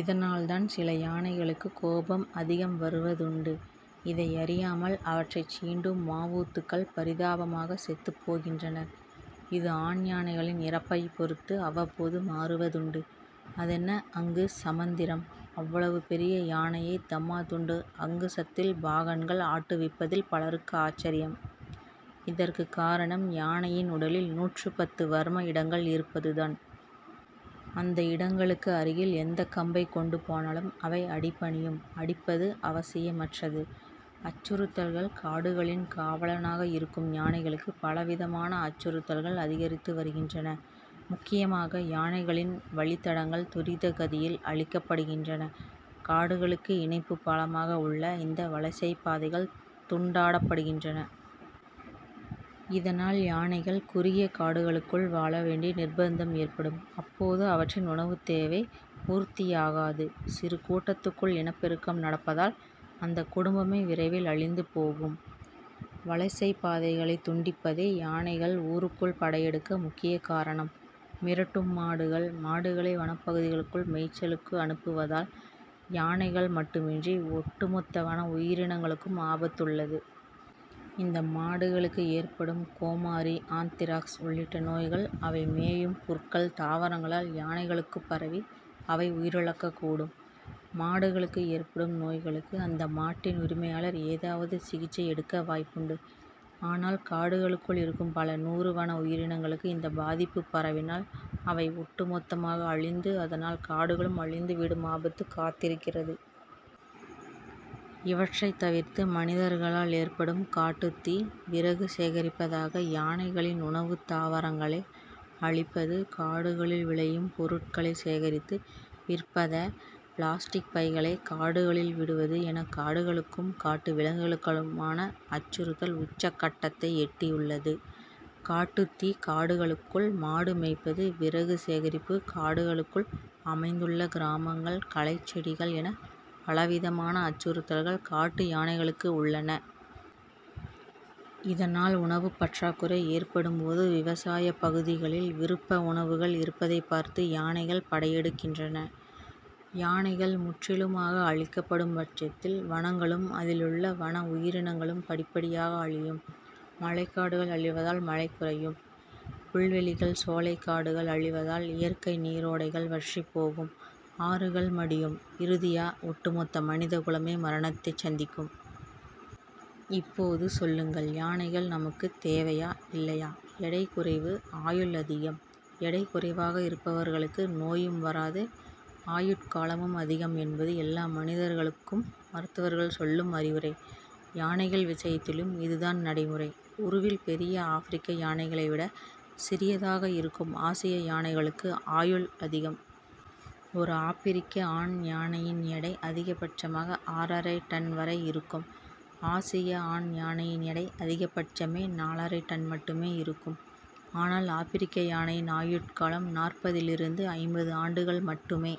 இதனால்தான் சில யானைகளுக்கு கோபம் அதிகம் வருவதுண்டு. இதை அறியாமல் அவற்றைச் சீண்டும் மாவூத்துகள் பரிதாபமாக செத்துப்போகின்றனர். இது ஆண் யானைகளின் இறப்பைப் பொறுத்து அவ்வப்போது மாறுவதுண்டு. அதென்ன அங்குச மந்திரம் அவ்வளவு பெரிய யானையை தம்மாத்துண்டு அங்குசத்தில் பாகன்கள் ஆட்டுவிப்பதில் பலருக்கு ஆச்சரியம். இதற்குக்காரணம் யானையின் உடலில் நூற்று பத்து வர்ம இடங்கள் இருப்பதுதான். அந்த இடங்களுக்கு அருகில் எந்த கம்பைக்கொண்டு போனாலும் அவை அடி பணியும் அடிப்பது அவசியமற்றது. அச்சுறுத்தல்கள் காடுகளின் காவலனாக இருக்கும் யானைகளுக்கு பல விதமான அச்சுறுத்தல்கள் அதிகரித்து வருகின்றன. முக்கியமாக யானைகளின வழித்தடங்கள் துரித கதியில் அழிக்கப்படுகின்றன. காடுகளுக்கு இணைப்புப் பாலமாக உள்ள இந்த வலசைப்பாதைகள் துண்டாடப்படுகின்றன. இதனால் யானைகள் குறுகிய காடுகளுக்குள் வாழ வேண்டிய நிர்ப்பந்தம் ஏற்படும். அப்போது அவற்றின் உணவுத் தேவை பூர்த்தியாகாது. சிறு கூட்டத்துக்குள் இனப் பெருக்கம் நடப்பதால் அந்த குடும்பமே விரைவில் அழிந்து போகும். வலசைப் பாதைகளைத் துண்டிப்பதே யானைகள் ஊருக்குள் படையெடுக்க முக்கியக்காரணம். மிரட்டும் மாடுகள் மாடுகளை வனப்பகுதிக்குள் மேய்ச்சலுக்கு அனுப்புவதால் யானைகள் மட்டுமின்றி ஒட்டு மொத்த வன உயிரினங்களுக்கும் ஆபத்துள்ளது. இந்த மாடுகளுக்கு ஏற்படும் கோமாரி ஆந்த்ராக்ஸ் உள்ளிட்ட நோய்கள் அவை மேயும் புற்கள், தாவரங்களால் யானைகளுக்குப் பரவி அவை உயிரிழக்கக்கூடும். மாடுகளுக்கு ஏற்படும் நோய்களுக்கு அந்த மாட்டின் உரிமையாளர் ஏதாவது சிகிச்சை எடுக்க வாய்ப்புண்டு. ஆனால் காடுகளுக்குள் இருக்கும் பல நூறு வன உயிரினங்களுக்கு இந்த பாதிப்பு பரவினால் அவை ஒட்டு மொத்தமாக அழிந்து அதனால் காடுகளும் அழிந்து விடும் ஆபத்து காத்திருக்கிறது. இவற்றைத் தவிர்த்து மனிதர்களால் ஏற்படும் காட்டுத்தீ விறகு சேகரிப்பதாக யானைகளின் உணவுத்தாவரங்களை அழிப்பது காடுகளில் விளையும் பொருட்களை சேகரித்து விற்பத பிளாஸ்டிக் பைகளை காடுகளில் விடுவது என காடுகளுக்கும் காட்டு விலங்குகளுக்குமான அச்சுறுத்தல் உச்சக்கட்டத்தை எட்டியுள்ளது. காட்டுத்தீ காடுகளுக்குள் மாடு மேய்ப்பது விறகு சேகரிப்பு காடுகளுக்குள் அமைந்துள்ள கிராமங்கள் களைச்செடிகள் என பலவிதமான அச்சுறுத்தல்கள் காட்டு யானைகளுக்கு உள்ளன. இதனால் உணவுப் பற்றாக்குறை ஏற்படும்போது விவசாயப் பகுதிகளில் விருப்ப உணவுகள் இருப்பதைப் பார்த்து யானைகள் படையெடுக்கின்றன. யானைகள் முற்றிலுமாக அழிக்கப்படும்பட்சத்தில் வனங்களும் அதிலுள்ள வன உயிரினங்களும் படிப்படியாக அழியும். மழைக்காடுகள் அழிவதால் மழை குறையும். புல்வெளிகள் சோலைக்காடுகள் அழிவதால் இயற்கை நீரோடைகள் வற்றிப் போகும் ஆறுகள் மடியும் இறுதியா ஒட்டு மொத்த மனித குலமே மரணத்தை சந்திக்கும். இப்போது சொல்லுங்கள் யானைகள் நமக்குத் தேவையா இல்லையா எடை குறைவு ஆயுள் அதிகம் எடை குறைவாக இருப்பவர்களுக்கு நோயும் வராது ஆயுட்காலமும் அதிகம் என்பது எல்லா மனிதர்களுக்கும் மருத்துவர்கள் சொல்லும் அறிவுரை யானைகள் விஷயத்திலும் இதுதான் நடைமுறை உருவில் பெரிய ஆப்பிரிக்க யானைகளை விட சிறிதாக இருக்கும் ஆசிய யானைகளுக்கு ஆயுள் அதிகம் ஓர் ஆப்பிரிக்க ஆண் யானையின் எடை, அதிகபட்சமாக ஆறரைடன் வரை இருக்கும். ஆசிய ஆண் யானையின் எடை அதிகபட்சமே நாலரைடன் மட்டுமே இருக்கும். ஆனால் ஆப்பிரிக்க யானையின் ஆயுட்காலம் நாற்பதிலிருந்து ஐம்பது ஆண்டுகள் மட்டுமே.